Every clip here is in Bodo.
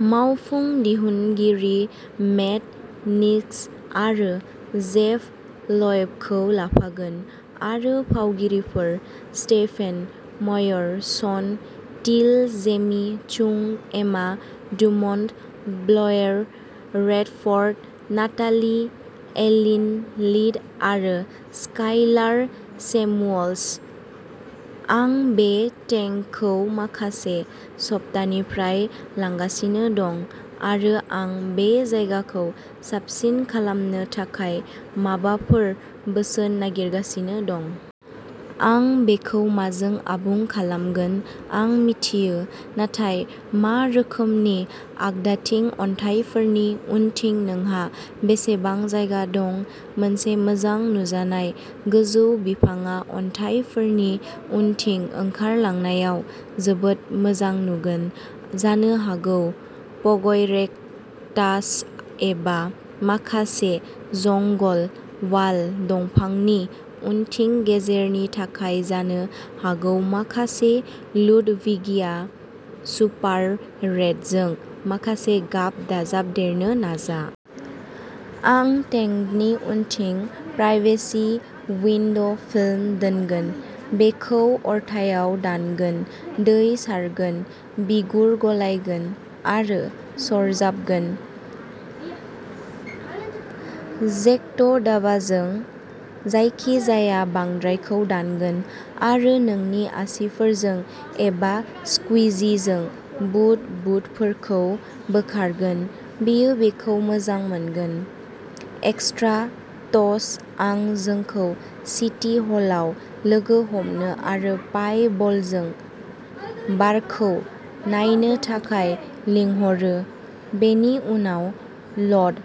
मावफुं दिहुनगिरि मेट निक्स आरो जेफ ल'इबखौ लाफागोन आरो फावगिरिफोर Stephen Moyer Sean Teale Jamie Chung Emma Dumont Blair Redford Natalie Alyn Lind आरो स्काइलार सेमुअल्स। आं बे टेंकखौ माखासे सप्तानिफ्राय लांगासिनो दं आरो आं बे जायगाखौ साबसिन खालामनो थाखाय माबाफोर बोसोन नागिरगासिनो दं। आं बेखौ माजों आबुं खालामगोन आं मिथियो नाथाय मा रोखोमनि आगदाथिं अन्थाइफोरनि उनथिं नोंहा बेसेबां जायगा दं मोनसे मोजां नुजानाय गोजौ बिफांआ अन्थाइफोरनि उनथिं ओंखारलांनायाव जोबोद मोजां नुगोन जानो हागौ पगइरेक्टास एबा माखासे जंगल वाल दंफांनि उनथिं गेजेरनि थाखाय जानो हागौ माखासे लुडविगिया सुपार रेडजों माखासे गाब दाजाबदेरनो नाजा। आं टेंकनि उनथिं प्राइभेसि उइन्ड'फिल्म दोनगोन बेखौ अरथायाव दानगोन दै सारगोन बिगुर गलायगोन आरो सरजाबगोन जेक्ट' दाबाजों जायखिजाया बांद्रायखौ दानगोन आरो नोंनि आसिफोरजों एबा स्कुइजिजों बुद बुदफोरखौ बोखारगोन बेयो बेखौ मोजां मोनगोन। एक्सट्रा टच आं जोंखौ सिटी हलाव लोगो हमनो आरो पाइ बलजों बारखौ नायनो थाखाय लिंहरो बेनि उनाव ल'ड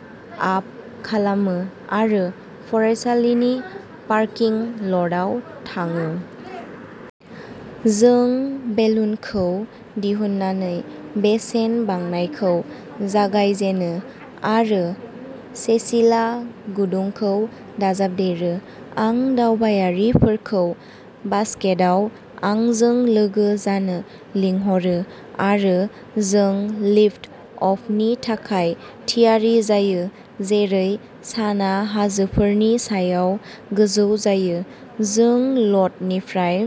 आप खालामो आरो फरायसालिनि पार्किं ल'डआव थाङो। जों बेलुनखौ दिहुननानै बेसेन बांनायखौ जागायजेनो आरो सेसिला गुदुंखौ दाजाबदेरो। आं दावबायारिफोरखौ बास्केटआव आंजों लोगो जानो लिंहरो आरो जों लिफ्ट अफनि थाखाय थियारि जायो जेरै सानआ हाजोफोरनि सायाव गोजौ जायो। जों ल'डनिफ्राय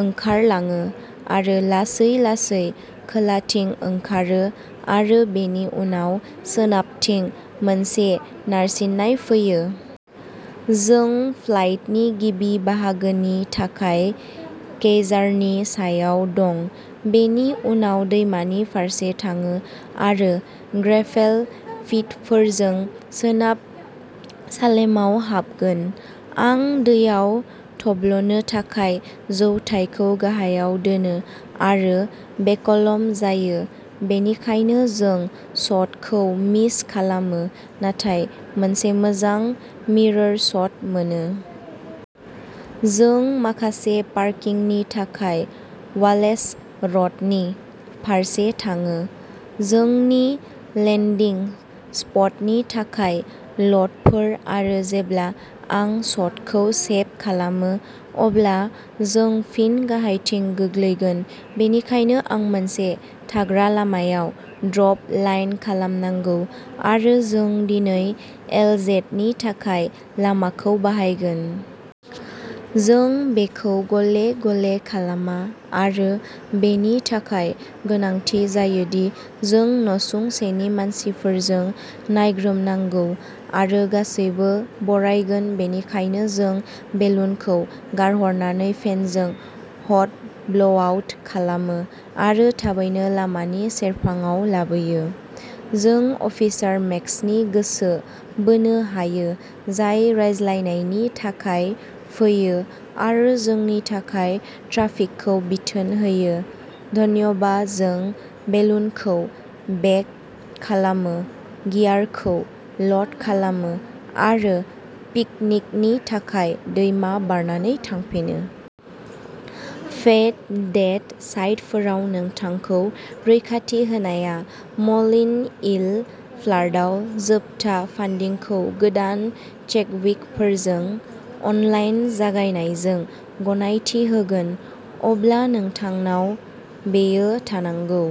ओंखारलाङो आरो लासै लासै खोलाथिं ओंखारो आरो बेनि उनाव सोनाबथिं मोनसे नारसिन्नाय फैयो। जों फ्लाइटनि गिबि बाहागोनि थाखाय केजारनि सायाव दं बेनि उनाव दैमानि फारसे थाङो आरो ग्रेभेल पिटफोरजों सोनाब सालेमआव हाबगोन। आं दैयाव थब्लनो थाखाय जौथाइखौ गाहायाव दोनो आरो बेकलम जायो बेनिखायनो जों शटखौ मिस खालामो नाथाय मोनसे मोजां मिरर शट मोनो। जों माखासे पार्किंनि थाखाय वालेस र'डनि फारसे थाङो। जोंनि लेन्दिं स्पटनि थाखाय ल'डफोर आरो जेब्ला आं शटखौ सेब खालामो अब्ला जों फिन गाहायथिं गोग्लैगोन बेनिखायनो आं मोनसे थाग्रा लामायाव ड्रप लाइन खालामनांगौ आरो जों दिनै एलजेडनि थाखाय लामाखौ बाहायगोन। जों बेखौ गले गले खालामा आरो बेनि थाखाय गोनांथि जायो दि जों नसुंसेनि मानसिफोरजों नायग्रोमनांगौ आरो गासैबो बरायगोन बेनिखायनो जों बेलुनखौ गारहरनानै फेनजों हट ब्ल'आउट खालामो आरो थाबैनो लामानि सेरफाङाव लाबोयो। जों अफिसार मेक्सनि गोसो बोनो हायो जाय रायज्लायनायनि थाखाय फैयो आरो जोंनि थाखाय ट्राफिकखौ बिथोन होयो धन्यबा जों बेलुनखौ बेग खालामो गियारखौ ल'ड खालामो आरो पिकनिकनि थाखाय दैमा बारनानै थांफिनो। फेद डेट साइटफोराव नोंथांखौ रैखाथि होनाया म'लिन इल फ्लार्टआव जोबथा फान्डिंखौ गोदान चैडविकफोरजों अनलाइन जागायनायजों गनायथि होगोन अब्ला नोंथांनाव बेयो थानांगौ।